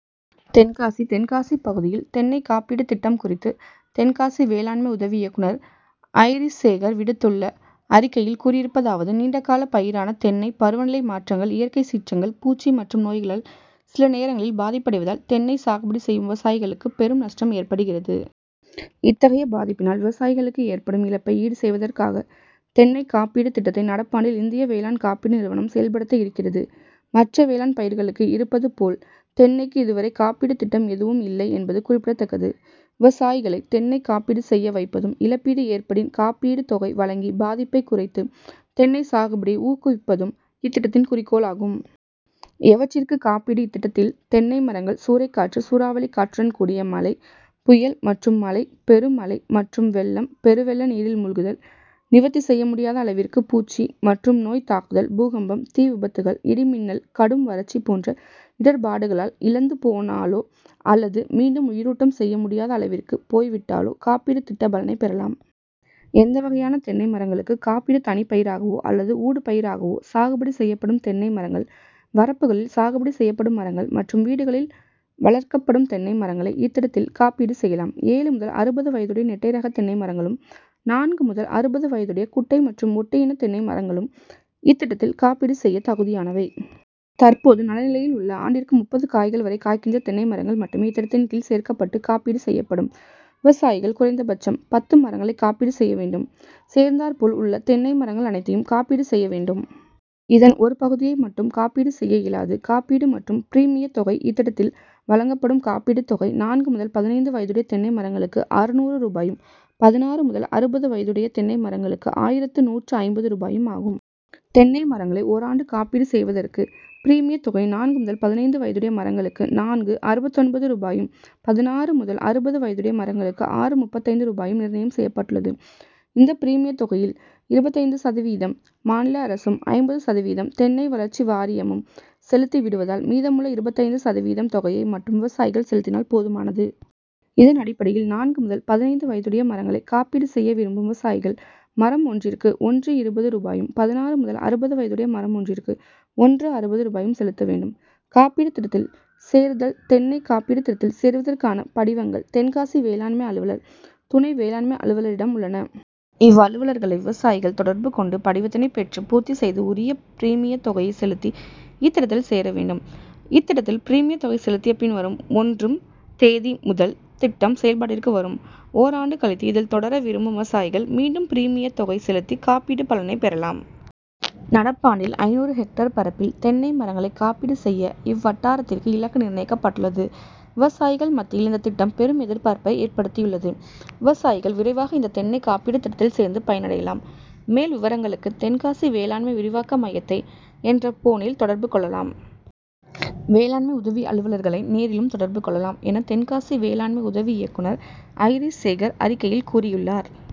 தென்காசி தென்காசி பகுதியில் தென்னை காப்பீடு திட்டம் குறித்து தென்காசி வேளாண்மை உதவி இயக்குநர் ஐரிஷ்சேகர் விடுத்துள்ள அறிக்கையில் கூறியிருப்பதாவது நீண்ட கால பயிரான தென்னை பருவ நிலை மாற்றங்கள், இயற்கை சீற்றங்கள், பூச்சி மற்றும் நோய்களால் சில நேரங்களில் பாதிப்படைவதால் தென்னை சாகுபடி செய்யும் விவசாயிகளுக்கு பெரும் நஷ்டம் ஏற்படுகிறது. இத்தகைய பாதிப்பினால் விவசாயிகளுக்கு ஏற்படும் இழப்பை ஈடு செய்வதற்காக தென்னை காப்பீடு திட்டத்தை நடப்பாண்டில் இந்திய வேளாண் காப்பீடு நிறுவனம் செயல்படுத்த இருக்கிறது. மற்ற வேளாண் பயிர்களுக்கு இருப்பது போல் தென்னைக்கு இதுவரை காப்பீடு திட்டம் எதுவும் இல்லை என்பது குறிப்பிடத்தக்கது. விவசாயிகளை தென்னை காப்பீடு செய்ய வைப்பதும், இழப்பீடு ஏற்படின் காப்பீடு தொகை வழங்கி பாதிப்பை குறைத்து தென்னை சாகுபடி ஊக்குவிப்பதும் இத்திட்டத்தின் குறிக்கோளாகும். எவற்றிற்கு காப்பீடுஇத்திட்டத்தில் தென்னை மரங்கள் சூறைக்காற்று, சூறாவளிக்காற்றுடன் கூடிய மழை, புயல் மற்றும் மழை, பெரு மழை மற்றும் வெள்ளம், பெரு வெள்ள நீரில் மூழ்குதல், நிவர்த்தி செய்ய முடியாத அளவிற்கு பூச்சி மற்றும் நோய் தாக்குதல், பூகம்பம், தீ விபத்துகள், இடிமின்னல், கடும் வறட்சி போன்ற இடர்பாடுகளால் இழந்து போனாலோ அல்லது மீண்டும் உயிரூட்டம் செய்ய முடியாத அளவிற்கு போய் விட்டாலோ காப்பீடு திட்ட பலனை பெறலாம். எந்த வகையான தென்னை மரங்களுக்கு காப்பீடுதனிப்பயிராகவோ அல்லது ஊடு பயிராகவோ சாகுபடி செய்யப்படும் தென்னை மரங்கள், வரப்புகளில் சாகுபடி செய்யப்படும் மரங்கள் மற்றும் வீடுகளில் வளர்க்கப்படும் தென்னை மரங்களை இத்திட்டத்தில் காப்பீடு செய்யலாம். ஏழு முதல் அறுபது வயதுடைய நெட்டை ரக தென்னை மரங்களும், நான்கு முதல் அறுபது வயதுடைய குட்டை மற்றும் ஒட்டு இன தென்னை மரங்களும் இத்திட்டத்தில் காப்பீடு செய்ய தகுதியானவை. தற்போது நல்ல நிலையில் உள்ள ஆண்டிற்கு முப்பது காய்கள் வரை காய்க்கின்ற தென்னை மரங்கள் மட்டுமே இத்திட்டத்தின் கீழ் சேர்க்க்கப்பட்டு காப்பீடு செய்யப்படும். விவசாயிகள் குறைந்த பட்சம் பத்து மரங்களை காப்பீடு செய்ய வேண்டும். சேர்ந்தாற்போல் உள்ள தென்னை மரங்கள் அனைத்தையும் காப்பீடு செய்ய வேண்டும். இதன் ஒரு பகுதியை மட்டும் காப்பீடு செய்ய இயலாது. காப்பீடு மற்றும் பிரிமிய தொகைஇத்திட்டத்தில் வழங்கப்படும் காப்பீடு தொகை நான்கு முதல் பதினைந்து வயதுடைய தென்னை மரங்களுக்கு அறுநூறு ரூபாயும், பதினாறு முதல் அறுபது வயதுடைய தென்னை மரங்களுக்கு ஆயிரத்து நூற்று ஐம்பது ரூபாயும் ஆகும். தென்னை மரங்களை ஓர் ஆண்டு காப்பீடு செய்வதற்கு பிரிமிய தொகை நான்கு முதல் பதினைந்து வயதுடைய மரங்களுக்கு நான்கு.அறுபத்தொன்பது ரூபாயும், பதினாறு முதல் அறுபது வயதுடைய மரங்களுக்கு ஆறு.முப்பத்தைந்து ரூபாயும் நிர்ணயம் செய்யப்பட்டுள்ளது. இந்த பிரிமிய தொகையில் இருபத்தைந்து சதவீதம் மாநில அரசும், ஐம்பது சதவீதம் தென்னை வளர்ச்சி வாரியமும் செலுத்தி விடுவதால் மீதமுள்ள இருபத்தைந்து சதவீதம் தொகையை மட்டும் விவசாயிகள் செலுத்தினால் போதுமானது. இதனடிப்படையில் நான்கு முதல் பதினைந்து வயதுடைய மரங்களை காப்பீடு செய்ய விரும்பும் விவசாயிகள் மரம் ஒன்றிற்கு ஒன்று.இருபது ரூபாயும், பதினாறு முதல் அறுபது வயதுடைய மரம் ஒன்றிற்கு ஒன்று.அறுபது ரூபாயும் செலுத்த வேண்டும். காப்பீடு திட்டத்தில் சேருதல்தென்னை காப்பீடு திட்டத்தில் சேருவதற்கான படிவங்கள் தென்காசி வேளாண்மை அலுவலர், துணை வேளாண்மை அலுவலரிடம் உள்ளன. இவ்வலுவலர்களை விவசாயிகள் தொடர்பு கொண்டு படிவத்தினை பெற்று பூர்த்தி செய்து உரிய பிரிமிய தொகையை செலுத்தி இத்திட்டத்தில் சேர வேண்டும். இத்திட்டத்தில் பிரிமிய தொகை செலுத்திய பின் வரும் ஒன்று ம் தேதி முதல் திட்டம் செயல்பாட்டிற்கு வரும். ஓர் ஆண்டு கழித்து இதில் தொடர விரும்பும் விவசாயிகள் மீண்டும் பிரிமிய தொகை செலுத்தி காப்பீடு பலனை பெறலாம். நடப்பாண்டில் ஐந்நூறு ஹெக்டர் பரப்பில் தென்னை மரங்களை காப்பீடு செய்ய இவ்வட்டாரத்திற்கு இலக்கு நிர்ணயிக்கப்பட்டுள்ளது. விவசாயிகள் மத்தியில் இந்த திட்டம் பெரும் எதிர்பார்ப்பை ஏற்படுத்தியுள்ளது. விவசாயிகள் விரைவாக இந்த தென்னை காப்பீடு திட்டத்தில் சேர்ந்து பயனடையலாம். மேல் விவரங்களுக்கு தென்காசி வேளாண்மை விரிவாக்க மையத்தை என்ற ஃபோனில் தொடர்பு கொள்ளலாம். வேளாண்மை உதவி அலுவலர்களை நேரிலும் தொடர்பு கொள்ளலாம் என தென்காசி வேளாண்மை உதவி இயக்குநர் ஐரிஷ்சேகர் அறிக்கையில் கூறியுள்ளார்.